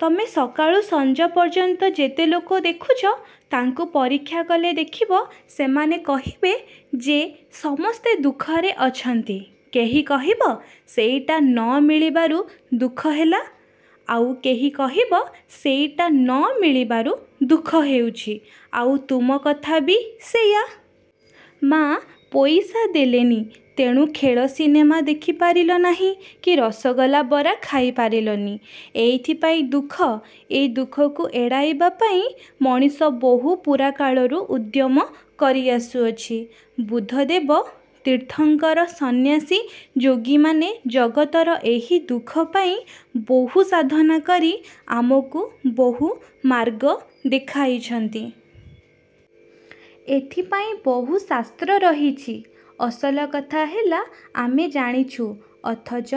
ତମେ ସକାଳୁ ସଞ୍ଜ ପର୍ଯ୍ୟନ୍ତ ଯେତେ ଲୋକ ଦେଖୁଛ ତାଙ୍କୁ ପରୀକ୍ଷା କଲେ ଦେଖିବ, ସେମାନେ କହିବେ ଯେ ସମସ୍ତେ ଦୁଃଖରେ ଅଛନ୍ତି। କେହି କହିବ, ସେଇଟା ନ ମିଳିବାରୁ ଦୁଃଖ ହେଲା। ଆଉ କେହି କହିବ ସେଇଟା ନ ମିଳିବାରୁ ଦୁଃଖ ହେଉଛି। ଆଉ ତୁମ କଥା ବି ସେଇୟା-। ମା' ପଇସା ଦେଲେନି ତେଣୁ ଖେଳ ସିନେମା ଦେଖିପାରିଲ ନାହିଁ କି ରସଗୋଲା ବରା ଖାଇ ପାରିଲନି। ଏଇଥିପାଇଁ। ଦୁଃଖ। ଏ ଦୁଃଖକୁ ଏଡ଼ାଇବା ପାଇଁ ମଣିଷ ବହୁ ପୁରାକାଳରୁ ଉଦ୍ୟମ କରି ଆସୁଅଛି। ବୁଦ୍ଧଦେବ, ତୀର୍ଥଙ୍କର, ସନ୍ନ୍ୟାସୀ ଯୋଗୀମାନେ ଜଗତର ଏହି ଦୁଃଖ ପାଇଁ ବହୁ ସାଧନା କରି ଆମକୁ ବହୁମାର୍ଗ ଦେଖାଇଛନ୍ତି। ଏଥିପାଇଁ ବହୁ ଶାସ୍ତ୍ର ରହିଛି। ଅସଲ କଥା ହେଲା ଆମେ ଜାଣିଛୁ, ଅଥଚ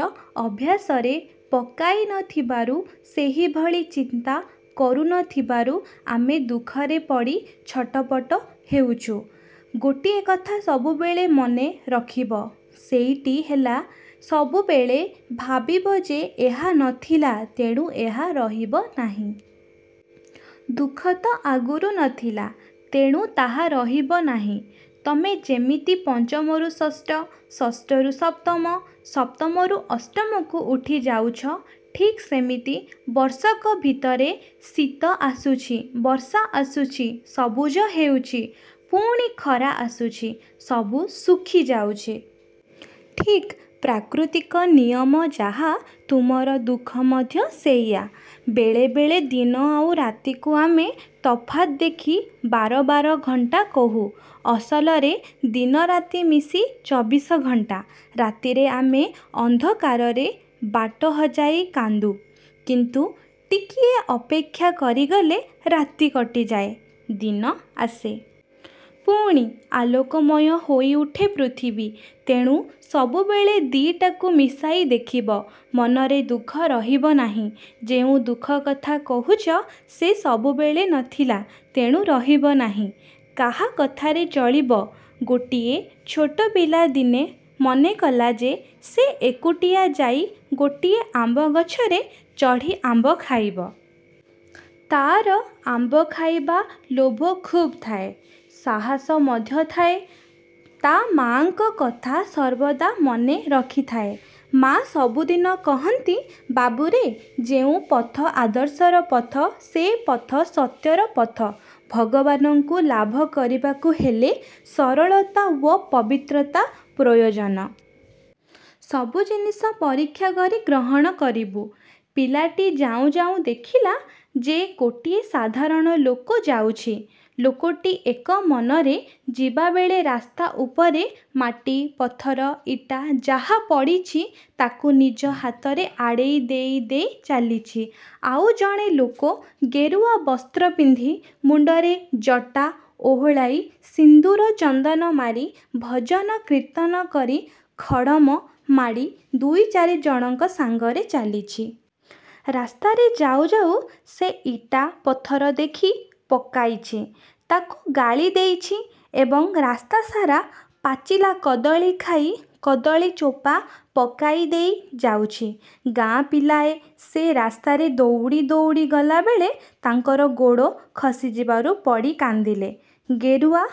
ଅଭ୍ୟାସରେ ପକାଇ ନ ଥିବାରୁ, ସେଇଭଳି ଚିନ୍ତା କରୁ ନ ଥିବାରୁ ଆମେ ଦୁଃଖରେ ପଡ଼ି ଛଟପଟ ହେଉଛୁଁ। ଗୋଟିଏ କଥା ସବୁବେଳେ ମନେ ରଖିବ। ସେଇଟି ହେଲା ସବୁବେଳେ ଭାବିବ ଯେ ''ଏହା ନ ଥିଲା, ତେଣୁ ଏହା ରହିବ ନାହିଁ। '' ଦୁଃଖତ ଆଗରୁ ନ ଥିଲା, ତେଣୁ ତାହା ରହିବ ନାହିଁ। ତମେ ଯେମିତି ପଞ୍ଚମରୁ ଷଷ୍ଠ, ଷଷ୍ଠରୁ ସପ୍ତମ, ସପ୍ତମରୁ ଅଷ୍ଟମକୁ ଉଠି ଯାଉଛ, ଠିକ୍ ସେମିତି ବର୍ଷକ ଭିତରେ ଶୀତ ଆସୁଛି, ବର୍ଷା ଆସୁଛି, ସବୁଜ ହେଉଛି, ପୁଣି ଖରା ଆସୁଛି, ସବୁ ଶୁଖି ଯାଉଛି। ଠିକ୍ ପ୍ରାକୃତିକ ନିୟମ ଯାହା, ତମର ଦୁଃଖ ମଧ୍ୟ ସେଇଆ। ବେଳେ ବେଳେ ଦିନ ଆଉ ରାତିକୁ ଆମେ ତଫାତ୍ ଦେଖି ବାର ବାର ଘଣ୍ଟା କହୁ। ଅସଲରେ ଦିନରାତି ମିଶି ଚବିଶ ଘଣ୍ଟା। ରାତିରେ ଆମେ ଅନ୍ଧକାରରେ ବାଟ ହଜାଇ କାନ୍ଦୁ, କିନ୍ତୁ ଟିକିଏ ଅପେକ୍ଷା କରିଗଲେ ରାତି କଟିଯାଏ, ଦିନ ଆସେ। ପୁଣି ଆଲୋକମୟ ହୋଇଉଠେ ପୃଥିବୀ। ତେଣୁ ସବୁବେଳେ ଦି'ଟାକୁ ମିଶାଇ ଦେଖିବ। ମନରେ ଦୁଃଖ ରହିବ ନାହିଁ। ଯେଉଁ ଦୁଃଖ କଥା କହୁଛ, ସେ ସବୁବେଳେ ନ ଥିଲା, ତେଣୁ ରହିବ ନାହିଁ। କାହା କଥାରେ ଚଳିବ? ଗୋଟିଏ ଛୋଟ ପିଲା ଦିନେ ମନେକଲା ଯେ ସେ ଏକୁଟିଆ ଯାଇ ଗୋଟିଏ ଆମ୍ବଗଛରେ ଚଢ଼ି ଆମ୍ବ ଖାଇବ। ତା'ର ଆମ୍ବ ଖାଇବା ଲୋଭ ଖୁବ୍ ଥାଏ। ସାହସ ମଧ୍ୟ ଥାଏ। ତା' ମା'ଙ୍କ କଥା ସର୍ବଦା ମନେ ରଖିଥାଏ। ମା ସବୁଦିନ କହନ୍ତି, ''ବାବୁରେ, ଯେଉଁ ପଥ ଆଦର୍ଶର ପଥ, ସେ ପଥ ସତ୍ୟର ପଥ। ଭଗବାନଙ୍କୁ ଲାଭ କରିବାକୁ ହେଲେ ସରଳତା ଓ ପବିତ୍ରତା ପ୍ରୟୋଜନ। ସବୁ ଜିନିଷ ପରୀକ୍ଷା କରି ଗ୍ରହଣ କରିବୁ। '' ପିଲାଟି ଯାଉଁ ଯାଉଁ ଦେଖିଲା ଯେ ଗୋଟିଏ ସାଧାରଣ ଲୋକ ଯାଉଛି। ଲୋକଟି ଏକ ମନରେ ଯିବାବେଳେ ରାସ୍ତା ଉପରେ ମାଟି-ପଥର-ଇଟା ଯାହା ପଡ଼ିଛି, ତାକୁ ନିଜ ହାତରେ ଆଡ଼େଇ ଦେଇ ଦେଇ ଚାଲିଛି। ଆଉ ଜଣେ ଲୋକ ଗେରୁଆ ବସ୍ତ୍ର ପିନ୍ଧି, ମୁଣ୍ତରେ ଜଟା ଓହଳାଇ ସିନ୍ଦୂର-ଚନ୍ଦନ ମାରି, ଭଜନ-କୀର୍ତ୍ତନ କରି, ଖଡ଼ମ ମାଡ଼ି ଦୁଇଚାରିଜଣଙ୍କ ସାଙ୍ଗରେ ଚାଲିଛି। ରାସ୍ତାରେ ଯାଉ ଯାଉ ସେ ଇଟା-ପଥର ଦେଖି, ପକାଇଛି ତାକୁ ଗାଳି ଦେଉଛି ଏବଂ ରାସ୍ତାସାରା ପାଚିଲା କଦଳୀ ଖାଇ କଦଳୀ ଚୋପା ପକାଇ ଦେଇ ଯାଉଛି। ଗାଁ ପିଲାଏ ସେ ରାସ୍ତାରେ ଦଉଡ଼ି ଦଉଡ଼ି ଗଲାବେଳେ ତାଙ୍କର ଗୋଡ଼ ଖସିଯିବାରୁ ପଡ଼ି କାନ୍ଦିଲେ। ଗେରୁଆ